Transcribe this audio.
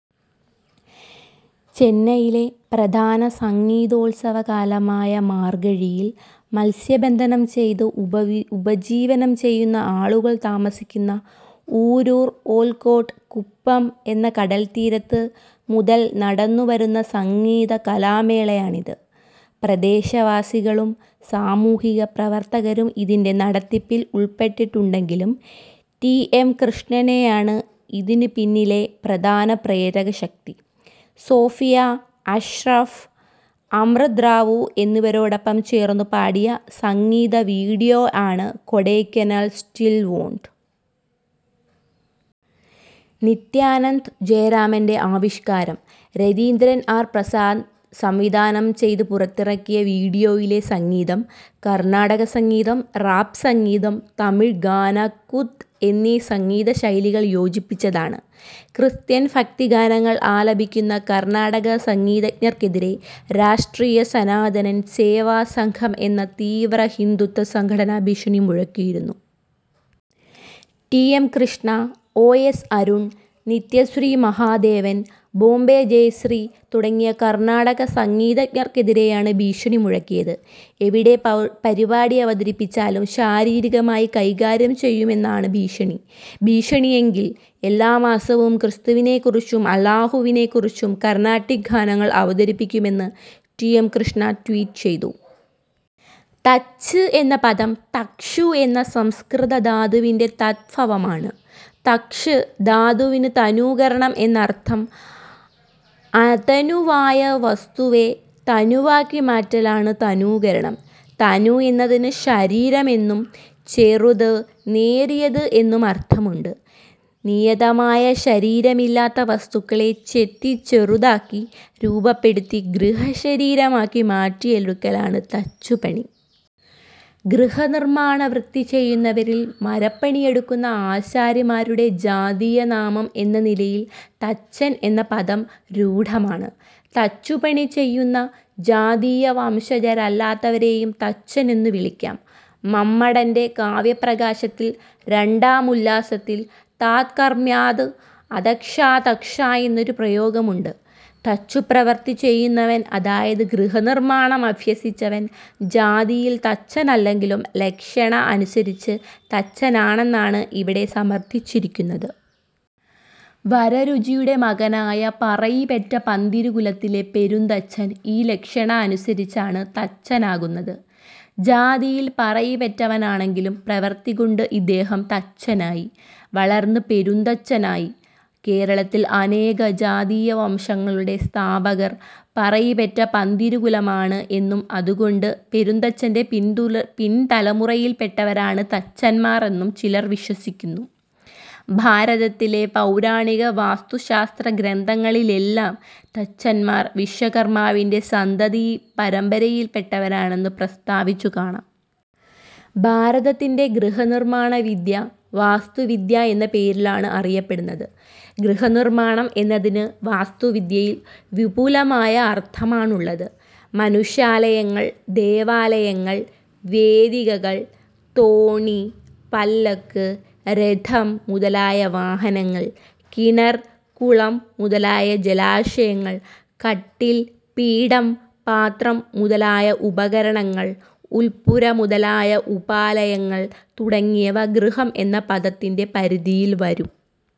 ചെന്നൈയിലെ പ്രധാന സംഗീതോത്സവകാലമായ മാർഗഴിയിൽ മത്സ്യബന്ധനം ചെയ്ത് ഉപജീവനം ചെയ്യുന്ന ആളുകൾ താമസിക്കുന ഊരൂർ-ഓൽക്കോട്ട് കുപ്പം എന്ന കടൽത്തീരത്ത് മുതൽ നടന്നു വരുന്ന സംഗീത-കലാമേളയാണ് ഇത്. പ്രദേശവാസികളും സാമൂഹ്യപ്രവർത്തകരും ഇതിന്റെ നടത്തിപ്പിൽ ഉൾപ്പെട്ടിട്ടുണ്ടെങ്കിലും ടി. എം. കൃഷ്ണയാണ് ഇതിന് പിന്നിലെ പ്രധാന പ്രേരകശക്തി. സോഫിയ അഷ്റഫ്, അമൃത് റാവു എന്നിവരോടൊപ്പം ചേർന്ന് പാടിയ സംഗീത വീഡിയോ ആണ് "കൊഡൈക്കനാൽ സ്റ്റിൽ വോൻട്". നിത്യാനന്ത് ജയരാമന്റെ ആവിഷ്കാരം രതീന്ദ്രൻ ആർ പ്രസാദ് സംവിധാനം ചെയ്ത് പുറത്തിറക്കിയ വീഡിയോയിലെ സംഗീതം കർണാട സംഗീതം, റാപ് സംഗീതം, തമിഴ് ഗാന കുത്ത് എന്നീ സംഗീത ശൈലികൾ യോജിപ്പിച്ചതാണ്. ക്രിസ്ത്യൻ ഭക്തി ഗാനങ്ങൾ ആലപിക്കുന്ന കർണാടക സംഗീതജ്ഞർക്കെതിരെ രാഷ്ട്രീയ സനാതൻ സേവ സംഘം എന്ന തീവ്രഹിന്ദുത്വ സംഘടന ഭീഷണി മുഴക്കിയിരുന്നു. T. M Krishna, O. S. Arun, Nithyasree Mahadevan, Bombay Jayashri തുടങ്ങിയ കർണാടക സംഗീതഞ്ജർക്കെതിരെയാണ് ഭീഷണി മുഴക്കിയത്. എവിടെ പരിപാടി അവതരിപ്പിച്ചാലും ശാരീികമായി കൈകാര്യം ചെയ്യുമെന്നാണ് ഭീഷണി. ഭീഷണിയെങ്കിൽ, എല്ലാ മാസവും ക്രിസ്തുവിനെക്കുറിച്ചും അല്ലാഹുവിനെക്കുറിച്ചും കർണാട്ടിക്ക് ഗാനങ്ങൾ അവതരിപ്പിക്കുമെന്ന് ടി. എം കൃഷ്ണ ട്വീറ്റ് ചെയ്തിരുന്നു. തച്ച് എന്ന പദം 'തക്ഷു' എന്ന സംസ്കൃത ധാതുവിന്റെ തദ്ഭവമാണ്. തക്ഷ് ധാതുവിന് തനൂകരണം എന്നർഥം. 'അതനു'വായ വസ്തുവെ തനുവാക്കി മാറ്റലാണ് തനൂകരണം. തനു എന്നതിന് ശരീരം എന്നും ചെറുത്, നേരിയത് എന്നും അർത്ഥമുണ്ട്. നിയതമായ ശരീരമില്ലാത്ത വസ്തുക്കളെ ചെത്തി ചെറുതാക്കി രൂപപ്പെടുത്തി ഗൃഹശരീരമാക്കി മാറ്റിയെടുക്കലാണ് തച്ചുപണി. ഗൃഹനിർമ്മാണവൃത്തി ചെയ്യുന്നവരിൽ മരപ്പണിയെടുക്കുന്ന ആശാരിമാരുടെ ജാതീയനാമം എന്ന നിലയിൽ തച്ചൻ എന്ന പദം രൂഢമാണ്. തച്ചുപണി ചെയ്യുന്ന ജാതീയ വംശജരല്ലാത്തവരേയും തച്ചൻ എന്നു വിളിക്കാം. മമ്മടന്റെ കാവ്യപ്രകാശത്തിൽ രണ്ടാം ഉല്ലാസത്തിൽ 'താത്കർമ്യാത് അതക്ഷാ തക്ഷാ' എന്നൊരു പ്രയോഗമുണ്ട്. തച്ചുപ്രവൃത്തി ചെയ്യുന്നവൻ അതായത് ഗൃഹനിർമ്മാണം അഭ്യസിച്ചവൻ ജാതിയിൽ തച്ചനല്ലെങ്കിലും ലക്ഷണ അനുസരിച്ച് തച്ചനാണെന്നാണ് ഇവിടെ സമർഥിച്ചിരിക്കുന്നത്. വരരുചിയുടെ മകനായ പറയിപെറ്റ പന്തിരുകുലത്തിലെ പെരുന്തച്ചൻ ഈ ലക്ഷണ അനുസരിച്ചാണ് തച്ചനാകുന്നത്. ജാതിയിൽ പറയിപെറ്റവനാണെങ്കിലും പ്രവൃത്തികൊണ്ട് ഇദ്ദേഹം തച്ചനായി; വളർന്ന് പെരുന്തച്ചനായി. കേരളത്തിൽ അനേക ജാതീയ വംശങ്ങ ളുടെ സ്ഥാപകർ പറയിപെറ്റ പന്തിരുകുലമാണ് എന്നും അതുകൊണ്ട് പെരുന്തച്ചന്റെ പിൻതലമുറയിൽപ്പെട്ടവരാണ് തച്ചന്മാർ എന്നും ചിലർ വിശ്വസിക്കുന്നു. ഭാരതത്തിലെ പൗരാണിക വാസ്തുശാസ്ത്രഗ്രന്ഥങ്ങളിലെല്ലാം തച്ചന്മാർ വിശ്വകർമാവിന്റെ സന്തതിപരമ്പരയിൽപ്പെട്ടവരാണെന്നു പ്രസ്താവിച്ചു കാണാം. ഭാരതത്തിൽ ഗൃഹനിർമ്മാണവിദ്യ വാസ്തുവിദ്യ എന്ന പേരിലാണ് അറിയപ്പെടുന്നത്. ഗൃഹനിർമ്മാണം എന്നതിന് വാസ്തുവിദ്യയിൽ വിപുലമായ അർത്ഥമാണുള്ളത്. മനുഷ്യാലയങ്ങൾ, ദേവാലയങ്ങൾ, വേദികകൾ; തോണി, പല്ലക്ക്, രഥം മുതലായ വാഹനങ്ങൾ; കിണർ, കുളം മുതലായ ജലാശയങ്ങൾ; കട്ടിൽ, പീഠം, പാത്രം മുതലായ ഉപകരണങ്ങൾ; ഉരൽപ്പുര മുതലായ ഉപാലയങ്ങൾ തുടങ്ങിയവ ഗൃഹം എന്ന പദത്തിന്റെ പരിധിയിൽ വരും.